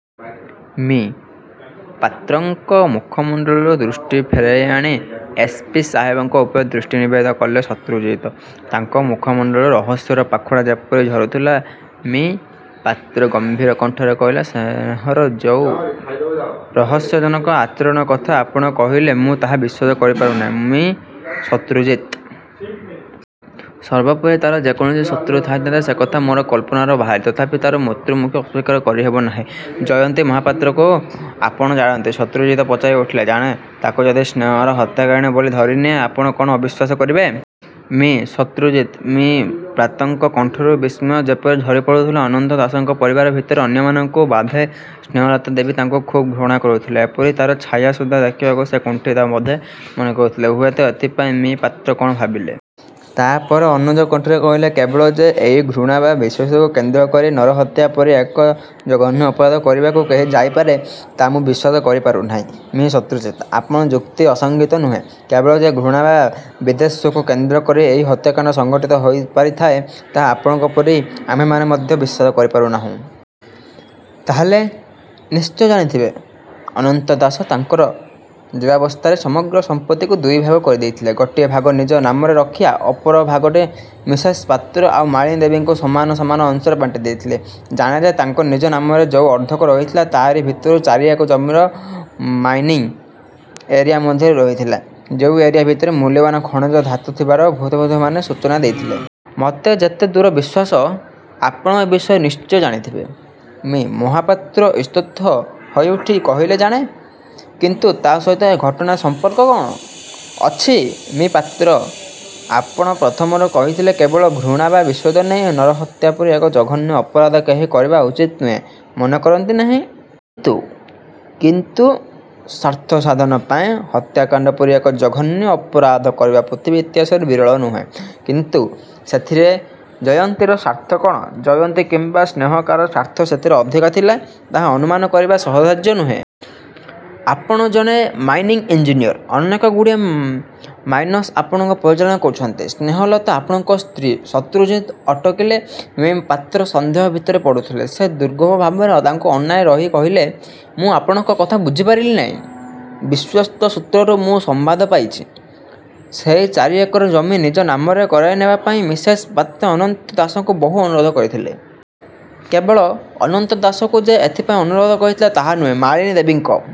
' ମି: ପାତ୍ରଙ୍କ ମୁଖମଣ୍ଡଳରୁ ଦୃଷ୍ଟି ଫେରାଇଆଣି ଏସ୍. ପି. ସାହେବଙ୍କ ଉପରେ ଦୃଷ୍ଟି ନିବଦ୍ଧ କଲେ ଶତ୍ରୁଜିତ। ତାଙ୍କ ମୁଖମଣ୍ଡଳରୁ ରହସ୍ୟର ପାଖୁଡ଼ା ଯେମିତି ଝରୁଥିଲା। ମି:ପାତ୍ର ଗମ୍ଭୀର କଣ୍ଠରେ କହିଲେ, 'ସ୍ନେହର ଯୋଉ ରହସ୍ୟଜନକ ଆଚରଣ କଥା ଆପଣ କହିଲେ ମୁଁ ତାହା ବିଶ୍ୱାସ କରିପାରୁନାହିଁ, ମି:ଶତ୍ରୁଜିତ! ସର୍ବୋପରି ତା'ର ଯେ କୌଣସି ଶତ୍ରୁ ଥାଇପାରନ୍ତି ସେକଥା ମୋର କଳ୍ପନାର ବାହାରେ। ତଥାପି ତା'ର ମୃତ୍ୟୁକୁ ଅସ୍ୱୀକାର କରିହେବ ନାହିଁ। ' 'ଜୟନ୍ତୀ ମହାପାତ୍ରକୁ ଆପଣ ଜାଣନ୍ତି? ' ଶତ୍ରୁଜିତ ପଚାରି ଉଠିଲେ। 'ଜାଣେ। ' 'ତାକୁ ଯଦି ସ୍ନେହର ହତ୍ୟାକାରିଣୀ ବୋଲି ଧରିନିଆଯାଏ, ଆପଣ କ'ଣ ଅବିଶ୍ୱାସ କରିବେ? 'ମି:ଶତ୍ରୁଜିତ!! 'ମି:ପାତ୍ରଙ୍କ କଣ୍ଠରୁ ବିସ୍ମୟ ଯେମିତି ଝରିପଡ଼ୁଥିଲା। 'ଅନନ୍ତ ଦାସଙ୍କ ପରିବାର ଭିତରେ ଅନ୍ୟମାନଙ୍କୁ ବାଦ୍ଦେଲେ ସ୍ନେହଲତା ଦେବୀ ତାଙ୍କୁ ଖୁବ୍ ଘୃଣା କରୁଥିଲେ। ଏପରିକି ତାର ଛାଇ ସୁଦ୍ଧା ଦେଖିବାକୁ ସେ କୁଣ୍ଠିତ ବୋଧ ମନେ କରୁଥିଲେ। ହୁଏତ ଏଇଥିପାଇଁ. ' ମି:ପାତ୍ର କଣ ଭାବିଲେ। ତା'ପରେ ଅନୁଚ୍ଚ କଣ୍ଠରେ କହିଲେ, 'କେବଳ ଯେ ଏଇ ଘୃଣା ବା ବିଦ୍ୱେଷକୁ କେନ୍ଦ୍ର କରି ନରହତ୍ୟା ପରି ଏକ ଜଘନ୍ୟ ଅପରାଧ କରିବାକୁ କେହି ଯାଇପାରେ, ତା ମୁଁ ବିଶ୍ୱାସକରି ପାରୁନାହିଁ, ମି:ଶତ୍ରୁଜିତ! ' 'ଆପଣଙ୍କ ଯୁକ୍ତି ଅସଙ୍ଗତ ନୁହେଁ। କେବଳ ଯେ ଘୃଣା ବା ବିଦ୍ୱେଷକୁ କେନ୍ଦ୍ର କରି ଏଇ ହତ୍ୟାକାଣ୍ଡ ସଂଘଟିତ ହେଇପାରିଥାଏ, ତାହା ଆପଣଙ୍କ ପରି ଆମେମାନେ ମଧ୍ୟ ବିଶ୍ୱାସ କରିପାରୁନାହିଁ। ' 'ତା'ହେଲେ? ' 'ନିଶ୍ଚୟ ଜାଣିଥିବେ, ଅନନ୍ତ ଦାସ ତାଙ୍କର ଜୀବିତାବସ୍ଥାରେ ସମଗ୍ର ସମ୍ପତ୍ତିକୁ ଦୁଇଭାଗ କରିଦେଇଥିଲେ। ଗୋଟିଏ ଭାଗ ନିଜ ନାମରେ ରଖି ଅପର ଭାଗକ ମିସେସ ପାତ୍ର ଆଉ ମାଳିନୀ ଦେବୀଙ୍କୁ ସମାନ ସମାନ ଅଂଶରେ ବାଣ୍ଟିଦେଇଥିଲେ। ' 'ଜାଣେ। ' 'ତାଙ୍କ ନିଜ ନାମରେ ଯୋଉ ଅର୍ଦ୍ଧକ ରହିଲା ତା'ରି ଭିତରୁ ଚାରି ଏକର ଜମି ମାଇନିଂ ଏରିଆ ମଧ୍ୟରେ ରହିଥିଲା, ଯୋଉ ଏରିଆ ଭିତରେ ମୂଲ୍ୟବାନ ଖଣିଜ ଧାତୁ ଥିବାର ଭୂତତ୍ତ୍ୱବିତ୍ମାନେ ସୂଚନା ଦେଇଥିଲେ। ମୋର ଯେତେ ଦୂର ବିଶ୍ୱାସ, ଆପଣ ଏ ବିଷୟ ନିଶ୍ଚୟ ଜାଣିଥିବେ। 'ମି: ପାତ୍ର ଇତସ୍ତତଃ ହୋଇଉଠି କହିଲେ,'ଜାଣେ। କିନ୍ତୁ ତା ସହିତ ଏ ଘଟଣାରେ ସଂପର୍କ କ'ଣ? ' 'ଅଛି, ମି:ପାତ୍ର! ଆପଣ ପ୍ରଥମରୁ କହିଥିଲେ, କେବଳ ଘୃଣା ବା ବିଦ୍ୱେଷ ନେଇ ନରହତ୍ୟା ପରି ଏକ ଜଘନ୍ୟ ଅପରାଧ କେହି କରିବା ଉଚିତ ମନେକରନ୍ତି ନାହିଁ। କିନ୍ତୁ ସ୍ୱାର୍ଥସାଧନ ପାଇଁ ହତ୍ୟାକାଣ୍ଡ ପରି ଏକ ଜଘନ୍ୟ ଅପରାଧ କରିବା ପୃଥିବୀ ଇତିହାସରେ ବିରଳ ନୁହେଁ। ' କିନ୍ତୁ ସେଥିରେ ଜୟନ୍ତୀର ସ୍ୱାର୍ଥ କ'ଣ? ' 'ଜୟନ୍ତୀ କିମ୍ବା ସ୍ନେହ କାହାର ସ୍ୱାର୍ଥ ସେଥିରେ ଅଧିକ ଥିଲା ତାହା ଅନୁମାନ କରିବା ସହଜସାଧ୍ୟ ନୁହେଁ। ଆପଣ ଜଣେ ମାଇନିଙ୍ଗ ଇଞ୍ଜିନିଅର। ଅନେକଗୁଡ଼ିଏ ମାଇନସ ଆପଣ ପରିଚାଳନା କରୁଛନ୍ତି। ସ୍ନେହଲତା ଆପଣଙ୍କର ସ୍ତ୍ରୀ। ' ଶତ୍ରୁଜିତ ଅଟକିଲେ। ମି:ପାତ୍ର ସନ୍ଦେହ ଭିତରେ ପଡ଼ୁଥିଲେ। ସେ ଦୁର୍ବୋଧ୍ୟ ଭାବରେ ତାଙ୍କୁ ଅନାଇ। ରହି କହିଲେ, 'ମୁଁ ଆପଣଙ୍କ କଥା ବୁଝିପାରିଲି ନାହିଁ। ' 'ବିଶ୍ୱସ୍ତ ସୂତ୍ରରୁ ମୁଁ ସମ୍ବାଦ ପାଇଛି, ସେଇ ଚାରି ଏକର ଜମି ନିଜ ନାମରେ କରାଇନେବାପାଇଁ ମିସେସେ ପାତ୍ର ଅନନ୍ତ ଦାସଙ୍କୁ ବହୁ ଅନୁରୋଧ କରିଥିଲେ। କେବଳ ଅନନ୍ତ ଦାସଙ୍କୁ ଯେ ସେ ଏଥିପାଇଁ ଅନୁରୋଧ କରିଥିଲେ ତାହା ନୁହେଁ, ମାଳିନୀ ଦେବୀଙ୍କ